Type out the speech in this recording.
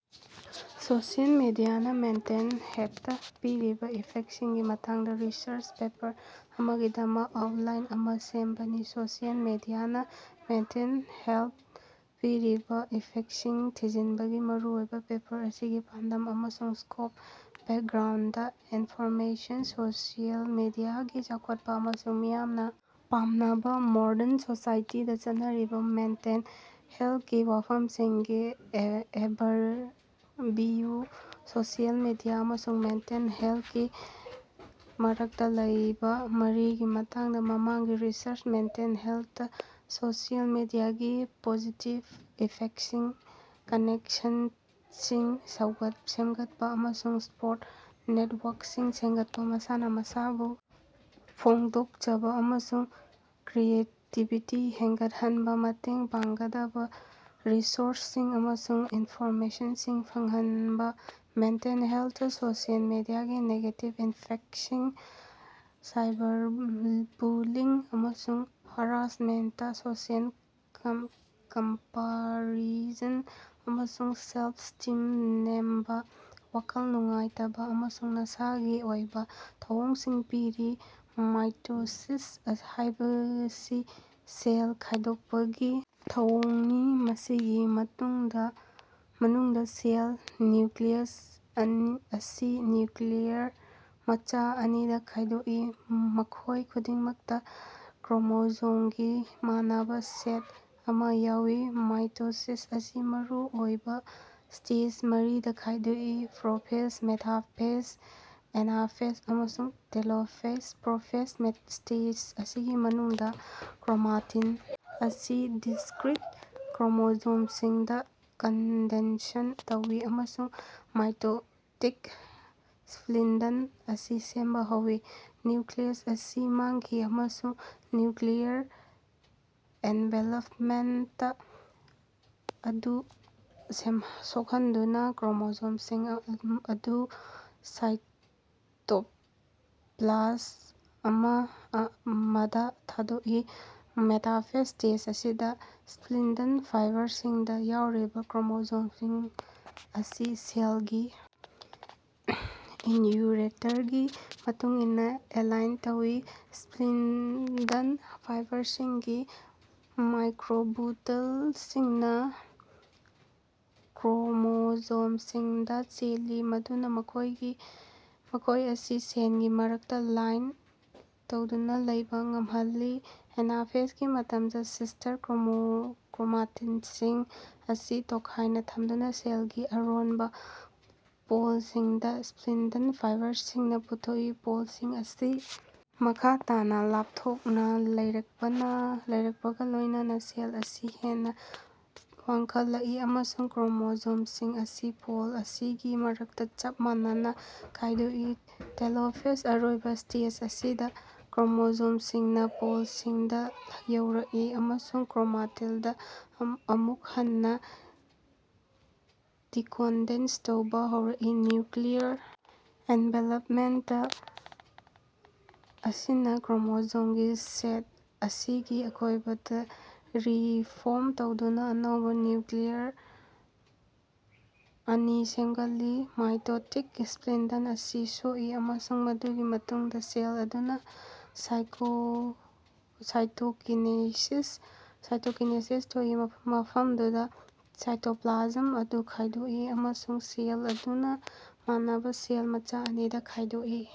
Social ꯃꯤꯗꯤꯌꯥꯅ mental ꯍꯦꯜꯇꯥ ꯄꯤꯔꯤꯕꯥ ꯏꯐꯦꯛꯁꯤꯡꯒꯤ ꯃꯇꯥꯡꯗꯥ ꯔꯤꯁꯔꯆ ꯄꯦꯄꯔ ꯑꯃꯒꯤꯗꯃꯛ ꯑꯥꯎꯠꯂꯥꯏꯟ ꯑꯃꯥ ꯁꯦꯝꯕꯥꯅꯤ꯫ ꯁꯣꯁꯤꯑꯦꯜ ꯃꯤꯗꯤꯌꯥꯅ ꯃꯦꯟꯇꯦꯜ ꯍꯦꯜꯇꯥ ꯄꯤꯔꯤꯕꯥ ꯏꯐꯦꯛꯁꯤꯡ ꯊꯤꯖꯤꯟꯕꯒꯤ ꯃꯔꯨꯑꯣꯏꯕꯥ ꯄꯦꯄꯔ ꯑꯁꯤꯒꯤ ꯄꯥꯟꯗꯝ ꯑꯃꯁꯨꯡ ꯁ꯭ꯀꯣꯞ, ꯕꯦꯛꯒ꯭ꯔꯥꯎꯟꯗ ꯏꯟꯐꯣꯔꯃꯦꯁꯟ, ꯁꯣꯁꯤꯑꯦꯜ ꯃꯤꯗꯤꯌꯥꯒꯤ ꯆꯥꯎꯈꯠꯄꯥ ꯑꯃꯁꯨꯡ ꯃꯤꯌꯥꯝꯅꯥ ꯄꯥꯝꯅꯕꯥ ꯃꯣꯔꯗꯟ ꯁꯣꯁꯥꯏꯇꯤꯗꯥ ꯆꯠꯅꯔꯤꯕꯥ ꯃꯦꯟꯇꯦꯜ ꯍꯦꯜꯀꯤ ꯋꯥꯐꯝꯁꯤꯡꯒꯤ ꯑꯣꯚꯔꯚꯤꯌꯨ ꯁꯣꯁꯤꯑꯦꯜ ꯃꯤꯗꯤꯌꯥ ꯑꯃꯁꯨꯡ ꯃꯦꯟꯇꯦꯜ ꯍꯦꯜꯀꯤ ꯃꯔꯛꯇꯥ ꯂꯩꯕꯥ ꯃꯔꯤꯒꯤ ꯃꯇꯥꯡꯗꯥ ꯃꯃꯥꯡꯒꯤ ꯔꯤꯁꯔꯆ ꯃꯦꯟꯇꯦꯜ ꯍꯦꯜꯇꯥ ꯁꯣꯁꯤꯑꯦꯜ ꯃꯤꯗꯤꯌꯥꯒꯤ ꯄꯣꯖꯤꯇꯤꯕ ꯏꯐꯦꯛꯁꯤꯡ, ꯀꯅꯦꯛꯁꯟꯁꯤꯡ ꯁꯦꯝꯒꯠꯄꯥ ꯑꯃꯁꯨꯡ ꯁꯄꯣꯔꯠ ꯅꯦꯠꯋꯥꯔꯛꯁꯤꯡ ꯁꯦꯝꯒꯠꯄꯥ, ꯃꯁꯥꯅꯥ ꯃꯁꯥꯕꯨ ꯐꯣꯡꯗꯣꯛꯆꯕꯥ ꯑꯃꯁꯨꯡ ꯀ꯭ꯔꯤꯌꯦꯇꯤꯕꯤꯇꯤ ꯍꯦꯟꯒꯠꯍꯟꯕꯥ ꯃꯇꯦꯡ ꯄꯥꯡꯒꯗꯕꯥ ꯔꯤꯁꯣꯔꯁꯁꯤꯡ ꯑꯃꯁꯨꯡ ꯏꯟꯐꯣꯔꯃꯦꯁꯟꯁꯤꯡ ꯐꯪꯍꯟꯕꯥ ꯃꯦꯟꯇꯦꯜ ꯍꯦꯜꯇꯥ ꯁꯣꯁꯤꯑꯦꯜ ꯃꯤꯗꯤꯌꯥꯒꯤ ꯅꯦꯒꯦꯇꯤꯚ ꯏꯐꯦꯛꯁꯤꯡ ꯁꯥꯏꯕꯔꯕꯨꯂꯤꯡ ꯑꯃꯁꯨꯡ ꯍꯔꯥꯁꯃꯦꯟꯇ, ꯁꯣꯁꯤꯑꯦꯜ ꯀꯝꯄꯥꯔꯤꯁꯟ ꯑꯃꯁꯨꯡ ꯁꯦꯜꯐ-ꯁ꯭ꯇꯤꯝ ꯅꯦꯝꯕꯥ, ꯋꯥꯈꯜ ꯅꯨꯡꯉꯥꯏꯇꯕꯥ ꯑꯃꯁꯨꯡ ꯅꯁꯥꯒꯤ ꯑꯣꯏꯕꯥ ꯊꯧꯑꯣꯡꯁꯤꯡ ꯄꯤꯔꯤ꯫ ꯃꯥꯏꯇꯣꯁꯤꯁ ꯍꯥꯏꯕꯁꯤ ꯁꯦꯜ ꯈꯥꯏꯗꯣꯛꯄꯒꯤ ꯊꯧꯑꯣꯡꯅꯤ, ꯃꯁꯤꯒꯤ ꯃꯅꯨꯡꯗꯥ ꯁꯦꯜ ꯅ꯭ꯌꯨꯀ꯭ꯂꯤꯌꯁ ꯑꯁꯤ ꯅ꯭ꯌꯨꯀ꯭ꯂꯤꯌꯔ ꯃꯆꯥ ꯑꯅꯤꯗꯥ ꯈꯥꯏꯗꯣꯛꯏ, ꯃꯈꯣꯏ ꯈꯨꯗꯤꯡꯃꯛꯇꯥ ꯀ꯭ꯔꯣꯃꯣꯖꯣꯝꯒꯤ ꯃꯥꯟꯅꯕꯥ ꯁꯦꯠ ꯑꯃꯥ ꯌꯥꯎꯏ꯫ ꯃꯥꯏꯇꯣꯁꯤꯁ ꯑꯁꯤ ꯃꯔꯨꯑꯣꯏꯕꯥ ꯁ꯭ꯇꯦꯖ ꯃꯔꯤꯗꯥ ꯈꯥꯏꯗꯣꯛꯏ: ꯄ꯭ꯔꯣꯐꯦꯖ, ꯃꯦꯇꯥꯐꯦꯖ, ꯑꯦꯅꯥꯐꯦꯖ ꯑꯃꯁꯨꯡ ꯇꯦꯂꯣꯐꯦꯖ꯫ ꯄ꯭ꯔꯣꯐꯦꯖ ꯁ꯭ꯇꯦꯖ ꯑꯁꯤꯒꯤ ꯃꯅꯨꯡꯗꯥ ꯀ꯭ꯔꯣꯃꯥꯇꯤꯟ ꯑꯁꯤ ꯗꯤꯁꯀ꯭ꯔꯤꯠ ꯀ꯭ꯔꯣꯃꯣꯖꯣꯝꯁꯤꯡꯗꯥ ꯀꯟꯗꯦꯟꯁꯟ ꯇꯧꯏ ꯑꯃꯁꯨꯡ ꯃꯥꯏꯇꯣꯇꯤꯛ ꯁ꯭ꯄꯤꯟꯗꯜ ꯑꯁꯤ ꯁꯦꯝꯕꯥ ꯍꯧꯏ꯫ ꯅ꯭ꯌꯨꯀ꯭ꯂꯤꯌꯁ ꯑꯁꯤ ꯃꯥꯡꯈꯤ, ꯑꯃꯁꯨꯡ ꯅ꯭ꯌꯨꯀ꯭ꯂꯤꯌꯔ ꯑꯦꯟꯚꯦꯂꯞꯃꯦꯟꯇ ꯑꯗꯨ ꯁꯣꯛꯍꯟꯗꯨꯅꯥ ꯀ꯭ꯔꯣꯃꯣꯖꯣꯝꯁꯤꯡ ꯑꯗꯨ ꯁꯥꯏꯇꯣꯞꯂꯥꯖ ꯃꯗꯥ ꯊꯥꯗꯣꯛꯏ꯫ ꯃꯦꯇꯥꯐꯦꯖ ꯁ꯭ꯇꯦꯖ ꯑꯁꯤꯗꯥ, ꯁ꯭ꯄꯤꯟꯗꯜ ꯐꯤꯕꯔꯁꯤꯡꯗꯥ ꯌꯥꯎꯔꯤꯕꯥ ꯀ꯭ꯔꯣꯃꯣꯖꯣꯝꯁꯤꯡ ꯑꯁꯤ ꯁꯦꯜꯒꯤ ꯏ꯭ꯌꯨꯔꯦꯇꯔꯒꯤ ꯃꯇꯨꯡꯏꯟꯅꯥ ꯑꯦꯂꯥꯏꯟ ꯇꯧꯏ꯫ ꯁ꯭ꯄꯤꯟꯗꯜ ꯐꯥꯏꯕꯔꯁꯤꯡꯒꯤ ꯃꯥꯏꯀ꯭ꯔꯣꯇꯨꯕꯜꯁꯤꯡꯅꯥ ꯀ꯭ꯔꯣꯃꯣꯖꯣꯃꯁꯤꯡꯗꯥ ꯆꯦꯜꯂꯤ, ꯃꯗꯨꯅꯥ ꯃꯈꯣꯏ ꯑꯁꯤ ꯁꯦꯜꯒꯤ ꯃꯔꯛꯇꯥ ꯂꯥꯏꯟ ꯇꯧꯗꯨꯅꯥ ꯂꯩꯕꯥ ꯉꯝꯍꯜꯂꯤ꯫ ꯑꯦꯅꯥꯐꯦꯖꯒꯤ ꯃꯇꯝꯗꯥ, ꯁꯤꯁꯇꯔ ꯀ꯭ꯔꯣꯃꯥꯇꯤꯠꯁꯤꯡ ꯑꯁꯤ ꯇꯣꯈꯥꯏꯅꯥ ꯊꯝꯗꯨꯅꯥ ꯁꯦꯜꯒꯤ ꯑꯔꯣꯟꯕꯥ ꯄꯣꯜꯁꯤꯡꯗꯥ ꯁ꯭ꯄꯤꯟꯗꯜ ꯐꯤꯕꯔꯁꯤꯡꯅꯥ ꯄꯨꯊꯣꯛꯏ꯫ ꯄꯣꯜꯁꯤꯡ ꯑꯁꯤ ꯃꯈꯥ ꯇꯥꯅꯥ ꯂꯥꯞꯊꯣꯛꯅꯥ ꯂꯩꯔꯛꯄꯒꯥ ꯂꯣꯏꯅꯅꯥ ꯁꯦꯜ ꯑꯁꯤ ꯍꯦꯟꯅꯥ ꯋꯥꯡꯈꯠꯂꯛꯏ, ꯑꯃꯁꯨꯡ ꯀ꯭ꯔꯣꯃꯣꯖꯣꯝꯁꯤꯡ ꯑꯁꯤ ꯄꯣꯜ ꯑꯅꯤꯒꯤ ꯃꯔꯛꯇꯥ ꯆꯞ ꯃꯥꯟꯅꯅꯥ ꯈꯥꯏꯗꯣꯛꯏ꯫ ꯇꯦꯂꯣꯐꯦꯖ ꯑꯔꯣꯏꯕꯥ ꯁ꯭ꯇꯦꯖ ꯑꯁꯤꯗꯥ ꯀ꯭ꯔꯣꯃꯣꯖꯣꯝꯁꯤꯡꯅꯥ ꯄꯣꯜꯁꯤꯡꯗꯥ ꯌꯧꯔꯛꯏ ꯑꯃꯁꯨꯡ ꯀ꯭ꯔꯣꯃꯥꯇꯤꯟꯗꯥ ꯑꯃꯨꯛ ꯍꯟꯅꯥ ꯗꯤꯀꯣꯟꯗꯦꯟꯁ ꯇꯧꯕꯥ ꯍꯧꯏ꯫ ꯅ꯭ꯌꯨꯀ꯭ꯂꯤꯌꯔ ꯑꯦꯟꯚꯦꯂꯞꯃꯦꯟꯇ ꯑꯁꯤꯅꯥ ꯀ꯭ꯔꯣꯃꯣꯖꯣꯝꯒꯤ ꯁꯦꯠ ꯑꯅꯤꯒꯤ ꯑꯀꯣꯏꯕꯗꯥ ꯔꯤꯐꯣꯝ ꯇꯧꯗꯨꯅꯥ ꯑꯅꯧꯕꯥ ꯅ꯭ꯌꯨꯀ꯭ꯂꯤꯌꯔ ꯑꯅꯤ ꯁꯦꯝꯒꯠꯂꯤ꯫ ꯃꯥꯏꯇꯣꯇꯤꯛ ꯁ꯭ꯄꯤꯟꯗꯜ ꯑꯁꯤ ꯁꯣꯛꯏ ꯑꯃꯁꯨꯡ ꯃꯗꯨꯒꯤ ꯃꯇꯨꯡꯗꯥ ꯁꯦꯜ ꯑꯗꯨꯅꯥ ꯁꯥꯏꯇꯣꯀꯤꯅꯦꯁꯤꯁ ꯊꯣꯛꯏ, ꯃꯐꯝꯗꯨꯗꯥ ꯁꯥꯏꯇꯣꯄ꯭ꯂꯥꯖꯝ ꯑꯗꯨ ꯈꯥꯏꯗꯣꯛꯏ ꯑꯃꯁꯨꯡ ꯁꯦꯜ ꯑꯗꯨꯅꯥ ꯃꯥꯟꯅꯕꯥ ꯁꯦꯜ ꯃꯆꯥ ꯑꯅꯤꯗꯥ ꯈꯥꯏꯗꯣꯛꯏ꯫